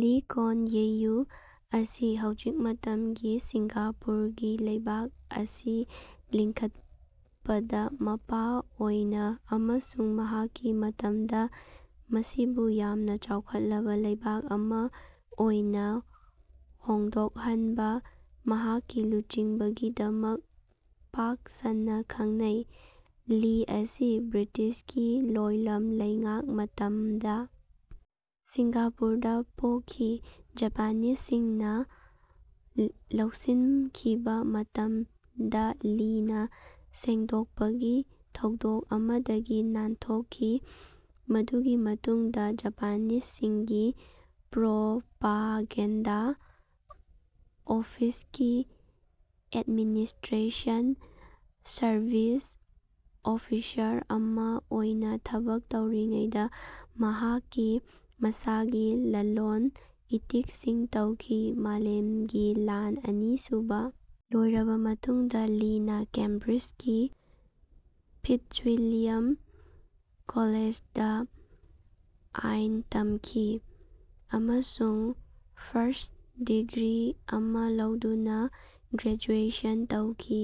ꯂꯤ ꯀꯣꯟ ꯌ꯭ꯌꯨ ꯑꯁꯤ ꯍꯧꯖꯤꯛ ꯃꯇꯝꯒꯤ ꯁꯤꯡꯒꯥꯄꯨꯔꯒꯤ ꯂꯩꯕꯥꯛ ꯑꯁꯤ ꯂꯤꯡꯈꯠꯄꯗ ꯃꯄꯥ ꯑꯣꯏꯅ ꯑꯃꯁꯨꯡ ꯃꯍꯥꯛꯀꯤ ꯃꯇꯝꯗ ꯃꯁꯤꯕꯨ ꯌꯥꯝꯅ ꯆꯥꯎꯈꯠꯂꯕ ꯂꯩꯕꯥꯛ ꯑꯃ ꯑꯣꯏꯅ ꯍꯣꯡꯗꯣꯛꯍꯟꯕ ꯃꯍꯥꯛꯀꯤ ꯂꯨꯆꯤꯡꯕꯒꯤꯗꯃꯛ ꯄꯥꯛ ꯁꯟꯅ ꯈꯡꯅꯩ꯫ ꯂꯤ ꯑꯁꯤ ꯕ꯭ꯔꯤꯇꯤꯁꯀꯤ ꯂꯣꯏꯂꯝꯒꯤ ꯂꯩꯉꯥꯛ ꯃꯇꯝꯗ ꯁꯤꯡꯒꯥꯄꯨꯔꯗ ꯄꯣꯛꯈꯤ꯫ ꯖꯥꯄꯥꯅꯤꯁ ꯁꯤꯡꯅ ꯂꯧꯁꯤꯟꯈꯤꯕ ꯃꯇꯝꯗ ꯂꯤꯅ ꯁꯦꯡꯗꯣꯛꯄꯒꯤ ꯊꯧꯗꯣꯛ ꯑꯃꯗꯒꯤ ꯅꯥꯟꯊꯣꯛꯈꯤ꯫ ꯃꯗꯨꯒꯤ ꯃꯇꯨꯡꯗ ꯖꯥꯄꯥꯅꯤꯁ ꯁꯤꯡꯒꯤ ꯄ꯭ꯔꯣꯄꯥꯒꯦꯟꯗ ꯑꯣꯐꯤꯁꯀꯤ ꯑꯦꯗꯃꯤꯅꯤꯁꯇ꯭ꯔꯦꯁꯟ ꯁꯔꯕꯤꯁ ꯑꯣꯐꯤꯁꯔ ꯑꯃ ꯑꯣꯏꯅ ꯊꯕꯛ ꯇꯧꯔꯤꯉꯩꯗ ꯃꯍꯥꯛꯀꯤ ꯃꯁꯥꯒꯤ ꯂꯂꯣꯟ ꯏꯇꯤꯛꯁꯤꯡ ꯍꯧꯈꯤ꯫ ꯃꯥꯂꯦꯝꯒꯤ ꯂꯥꯟ ꯑꯅꯤ ꯁꯨꯕ ꯂꯣꯏꯔꯕ ꯃꯇꯨꯡꯗ ꯂꯤꯅ ꯀꯦꯝꯕ꯭ꯔꯤꯖꯀꯤ ꯐꯤꯠꯖ꯭ꯋꯤꯂꯤꯌꯝ ꯀꯣꯂꯦꯖꯗ ꯑꯥꯏꯟ ꯇꯝꯈꯤ, ꯑꯃꯁꯨꯡ ꯐꯔ꯭ꯁꯠ ꯗꯤꯒ꯭ꯔꯤ ꯑꯃ ꯂꯧꯗꯨꯅ ꯒ꯭ꯔꯦꯖꯨꯑꯦꯁꯟ ꯇꯧꯈꯤ꯫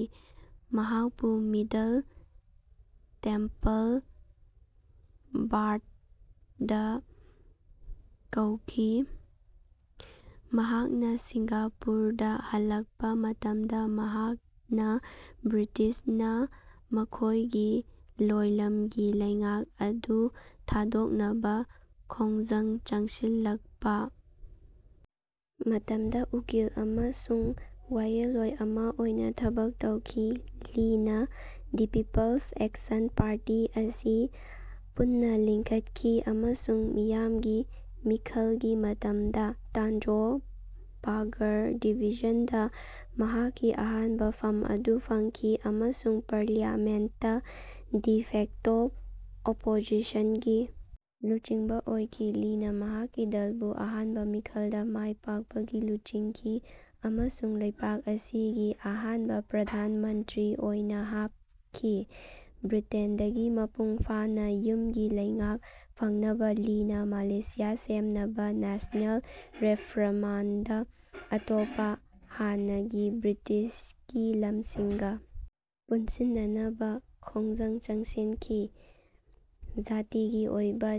ꯃꯍꯥꯛꯄꯨ ꯃꯤꯗꯜ ꯇꯦꯝꯄꯜ ꯕꯥꯔꯗ ꯀꯧꯈꯤ꯫ ꯃꯍꯥꯛꯅ ꯁꯤꯡꯒꯥꯄꯨꯔꯗ ꯍꯜꯂꯛꯄ ꯃꯇꯝꯗ ꯃꯍꯥꯛꯅ ꯕ꯭ꯔꯤꯇꯤꯁꯅ ꯃꯈꯣꯏꯒꯤ ꯂꯣꯏꯂꯝꯒꯤ ꯂꯩꯉꯥꯛ ꯑꯗꯨ ꯊꯥꯗꯣꯛꯅꯕ ꯈꯣꯡꯖꯪ ꯆꯪꯁꯤꯜꯂꯛꯄ ꯃꯇꯝꯗ ꯎꯀꯤꯜ ꯑꯃꯁꯨꯡ ꯋꯥꯌꯦꯜꯂꯣꯏ ꯑꯃ ꯑꯣꯏꯅ ꯊꯕꯛ ꯇꯧꯈꯤ꯫ ꯂꯤꯅ ꯗꯤ ꯄꯤꯄꯜꯁ ꯑꯦꯛꯁꯟ ꯄꯥꯔꯇꯤ ꯑꯁꯤ ꯄꯨꯟꯅ ꯂꯤꯡꯈꯠꯈꯤ ꯑꯃꯁꯨꯡ ꯃꯤꯌꯥꯝꯒꯤ ꯃꯤꯈꯜꯒꯤ ꯃꯇꯝꯗ ꯇꯥꯟꯖꯣꯡ ꯄꯥꯒꯔ ꯗꯤꯕꯤꯖꯟꯗ ꯃꯍꯥꯛꯀꯤ ꯑꯍꯥꯟꯕ ꯐꯝ ꯑꯗꯨ ꯐꯪꯈꯤ ꯑꯃꯁꯨꯡ ꯄꯥꯔꯂꯤꯌꯥꯃꯦꯟꯠꯇ ꯗꯤ ꯐꯦꯛꯇꯣ ꯑꯣꯄꯣꯖꯤꯁꯟꯒꯤ ꯂꯨꯆꯤꯡꯕ ꯑꯣꯏꯈꯤ꯫ ꯂꯤꯅ ꯃꯍꯥꯛꯀꯤ ꯗꯜꯕꯨ ꯑꯍꯥꯟꯕ ꯃꯤꯈꯜꯗ ꯃꯥꯏ ꯄꯥꯛꯄꯗ ꯂꯨꯆꯤꯡꯈꯤ ꯑꯃꯁꯨꯡ ꯂꯩꯄꯥꯛ ꯑꯁꯤꯒꯤ ꯑꯍꯥꯟꯕ ꯄ꯭ꯔ꯭ꯙꯥꯟ ꯃꯟꯇ꯭ꯔꯤ ꯑꯣꯏꯅ ꯍꯥꯞꯈꯤ꯫ ꯕ꯭ꯔꯤꯇꯦꯟꯗꯒꯤ ꯃꯄꯨꯡ ꯐꯥꯅ ꯌꯨꯝꯒꯤ ꯂꯩꯉꯥꯛ ꯐꯪꯅꯕ ꯂꯤꯅ ꯃꯂꯦꯁꯤꯌꯥ ꯁꯦꯝꯅꯕ ꯅꯦꯁꯅꯦꯜ ꯔꯦꯐ꯭ꯔꯃꯥꯟꯗ ꯑꯇꯣꯞꯄ ꯍꯥꯟꯅꯒꯤ ꯕ꯭ꯔꯤꯇꯤꯁꯀꯤ ꯂꯝꯁꯤꯡꯒ ꯄꯨꯟꯁꯤꯟꯅꯅꯕ ꯈꯣꯡꯖꯪ ꯆꯪꯁꯤꯟꯈꯤ꯫ ꯖꯥꯇꯤꯒꯤ ꯑꯣꯏꯕ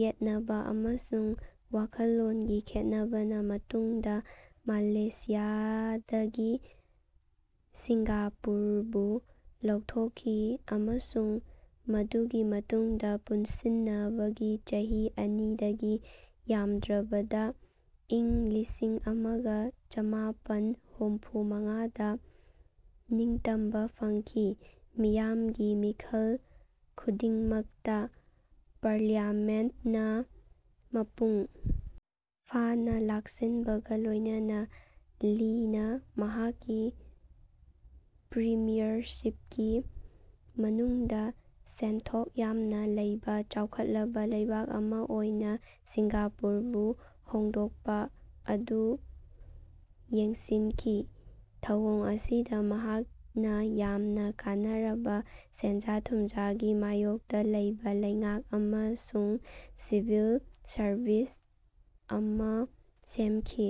ꯌꯦꯠꯅꯕ ꯑꯃꯁꯨꯡ ꯋꯥꯈꯜꯂꯣꯟꯒꯤ ꯈꯦꯠꯅꯕꯅ ꯃꯇꯨꯡꯗ ꯃꯂꯦꯁꯤꯌꯥꯗꯒꯤ ꯁꯤꯡꯒꯥꯄꯨꯔꯕꯨ ꯂꯧꯊꯣꯛꯈꯤ ꯑꯃꯁꯨꯡ ꯃꯗꯨꯒꯤ ꯃꯇꯨꯡꯗ ꯄꯨꯟꯁꯤꯟꯅꯕꯒꯤ ꯆꯍꯤ ꯑꯅꯤꯗꯒꯤ ꯌꯥꯝꯗ꯭ꯔꯕꯗ ꯏꯪ ꯂꯤꯁꯤꯡ ꯑꯃꯒ ꯆꯃꯥꯄꯟ ꯍꯨꯝꯐꯨ ꯃꯉꯥꯗ ꯅꯤꯡꯇꯝꯕ ꯐꯪꯈꯤ꯫ ꯃꯤꯌꯥꯝꯒꯤ ꯃꯤꯈꯜ ꯈꯨꯗꯤꯡꯃꯛꯇ ꯄꯥꯔꯂꯤꯌꯥꯃꯦꯟꯠꯅ ꯃꯄꯨꯡ ꯐꯥꯅ ꯂꯥꯛꯁꯤꯟꯕꯒ ꯂꯣꯏꯅꯅ, ꯂꯤꯅ ꯃꯍꯥꯛꯀꯤ ꯄ꯭ꯔꯤꯃ꯭ꯌꯔꯁꯤꯞꯀꯤ ꯃꯅꯨꯡꯗ ꯁꯦꯟꯊꯣꯛ ꯌꯥꯝꯅ ꯂꯩꯕ ꯆꯥꯎꯈꯠꯂꯕ ꯂꯩꯕꯥꯛ ꯑꯃ ꯑꯣꯏꯅ ꯁꯤꯡꯒꯥꯄꯨꯔꯕꯨ ꯍꯣꯡꯗꯣꯛꯄ ꯑꯗꯨ ꯌꯦꯡꯁꯤꯟꯈꯤ꯫ ꯊꯧꯑꯣꯡ ꯑꯁꯤꯗ ꯃꯍꯥꯛꯅ ꯌꯥꯝꯅ ꯀꯥꯟꯅꯔꯕ ꯁꯦꯟꯖꯥ ꯊꯨꯝꯖꯥꯒꯤ ꯃꯥꯌꯣꯛꯇ ꯂꯩꯕ ꯂꯩꯉꯥꯛ ꯑꯃꯁꯨꯡ ꯁꯤꯚꯤꯜ ꯁꯔꯕꯤꯁ ꯑꯃ ꯁꯦꯝꯈꯤ꯫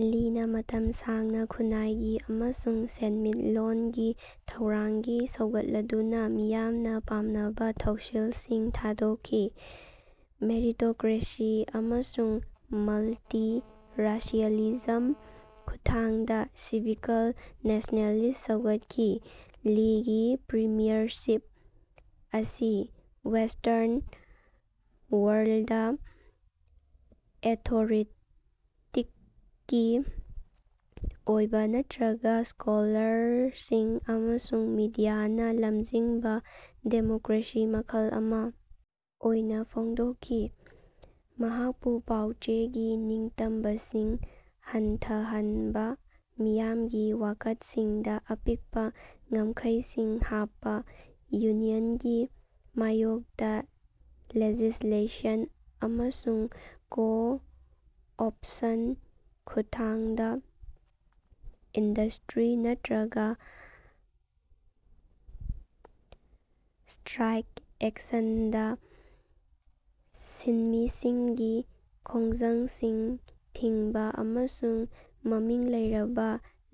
ꯂꯤꯅ ꯃꯇꯝ ꯁꯥꯡꯅ ꯈꯨꯅꯥꯏꯒꯤ ꯑꯃꯁꯨꯡ ꯁꯦꯟꯃꯤꯠꯂꯣꯟꯒꯤ ꯊꯧꯔꯥꯡꯒꯤ ꯁꯧꯒꯠꯂꯗꯨꯅ ꯃꯤꯌꯥꯝꯅ ꯄꯥꯝꯅꯕ ꯊꯧꯁꯤꯜꯁꯤꯡ ꯊꯥꯗꯣꯛꯈꯤ꯫ꯃꯦꯔꯤꯇꯣꯀ꯭ꯔꯦꯁꯤ ꯑꯃꯁꯨꯡ ꯃꯜꯇꯤꯔꯥꯁꯤꯌꯦꯂꯤꯖꯝ ꯈꯨꯠꯊꯥꯡꯗ ꯁꯤꯚꯤꯀꯜ ꯅꯦꯁꯅꯦꯂꯤꯁꯠ ꯁꯧꯒꯠꯈꯤ꯫ ꯂꯤꯒꯤ ꯄ꯭ꯔꯤꯃ꯭ꯌꯔꯁꯤꯞ ꯑꯁꯤ ꯋꯦꯁꯇꯔꯟ ꯋꯔꯜꯗ ꯑꯦꯊꯣꯔꯦꯇꯤꯛꯀꯤ ꯑꯣꯏꯕ ꯅꯠꯇ꯭ꯔꯒ ꯁ꯭ꯀꯣꯂꯔꯁꯤꯡ ꯑꯃꯁꯨꯡ ꯃꯤꯗꯤꯌꯥꯅ ꯂꯝꯖꯤꯡꯕ ꯗꯦꯃꯣꯀ꯭ꯔꯦꯁꯤ ꯃꯈꯜ ꯑꯃ ꯑꯣꯏꯅ ꯐꯣꯡꯗꯣꯛꯈꯤ꯫ ꯃꯍꯥꯛꯄꯨ ꯄꯥꯎ ꯆꯦꯒꯤ ꯅꯤꯡꯇꯝꯕꯁꯤꯡ ꯍꯟꯊꯍꯟꯕ ꯃꯤꯌꯥꯝꯒꯤ ꯋꯥꯀꯠꯁꯤꯡꯗ ꯑꯄꯤꯛꯄ ꯉꯝꯈꯩꯁꯤꯡ ꯍꯥꯞꯄ ꯌꯨꯅꯤꯌꯟꯒꯤ ꯃꯥꯌꯣꯛꯇ ꯂꯦꯖꯤꯁꯂꯦꯁꯟ ꯑꯃꯁꯨꯡ ꯀꯣ ꯑꯣꯞꯁꯟ ꯈꯨꯠꯊꯥꯡꯗ ꯏꯟꯗꯁꯇ꯭ꯔꯤ ꯅꯠꯇ꯭ꯔꯒ ꯁ꯭ꯇ꯭ꯔꯥꯏꯛ ꯑꯦꯛꯁꯟꯗ ꯁꯤꯟꯃꯤꯁꯤꯡꯒꯤ ꯈꯣꯡꯖꯪꯁꯤꯡ ꯊꯤꯡꯕ ꯑꯃꯁꯨꯡ ꯃꯃꯤꯡ ꯂꯩꯔꯕ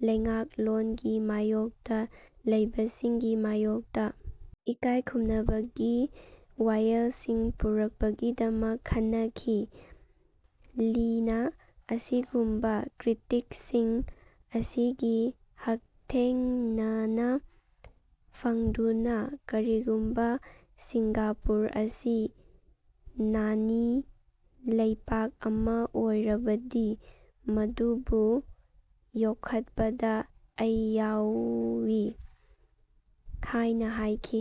ꯂꯩꯉꯥꯛꯂꯣꯟꯒꯤ ꯃꯥꯌꯣꯛꯇ ꯂꯩꯕꯁꯤꯡꯒꯤ ꯃꯥꯌꯣꯛꯇ ꯏꯀꯥꯏꯈꯨꯝꯅꯕꯒꯤ ꯋꯥꯌꯦꯜꯁꯤꯡ ꯄꯨꯔꯛꯄꯒꯤꯗꯃꯛ ꯈꯟꯅꯈꯤ꯫ ꯂꯤꯅ ꯑꯁꯤꯒꯨꯝꯕ ꯀ꯭ꯔꯤꯇꯤꯛꯁꯤꯡ ꯑꯁꯤꯒꯤ ꯍꯛꯊꯦꯡꯅꯅ ꯐꯡꯗꯨꯅ "ꯀꯔꯤꯒꯨꯝꯕ ꯁꯤꯡꯒꯥꯄꯨꯔ ꯑꯁꯤ ꯅꯥꯅꯤ ꯂꯩꯄꯥꯛ ꯑꯃ ꯑꯣꯏꯔꯕꯗꯤ, ꯃꯗꯨꯕꯨ ꯌꯣꯛꯈꯠꯄꯗ ꯑꯩ ꯌꯥꯎꯏ" ꯍꯥꯏꯅ ꯍꯥꯏꯈꯤ꯫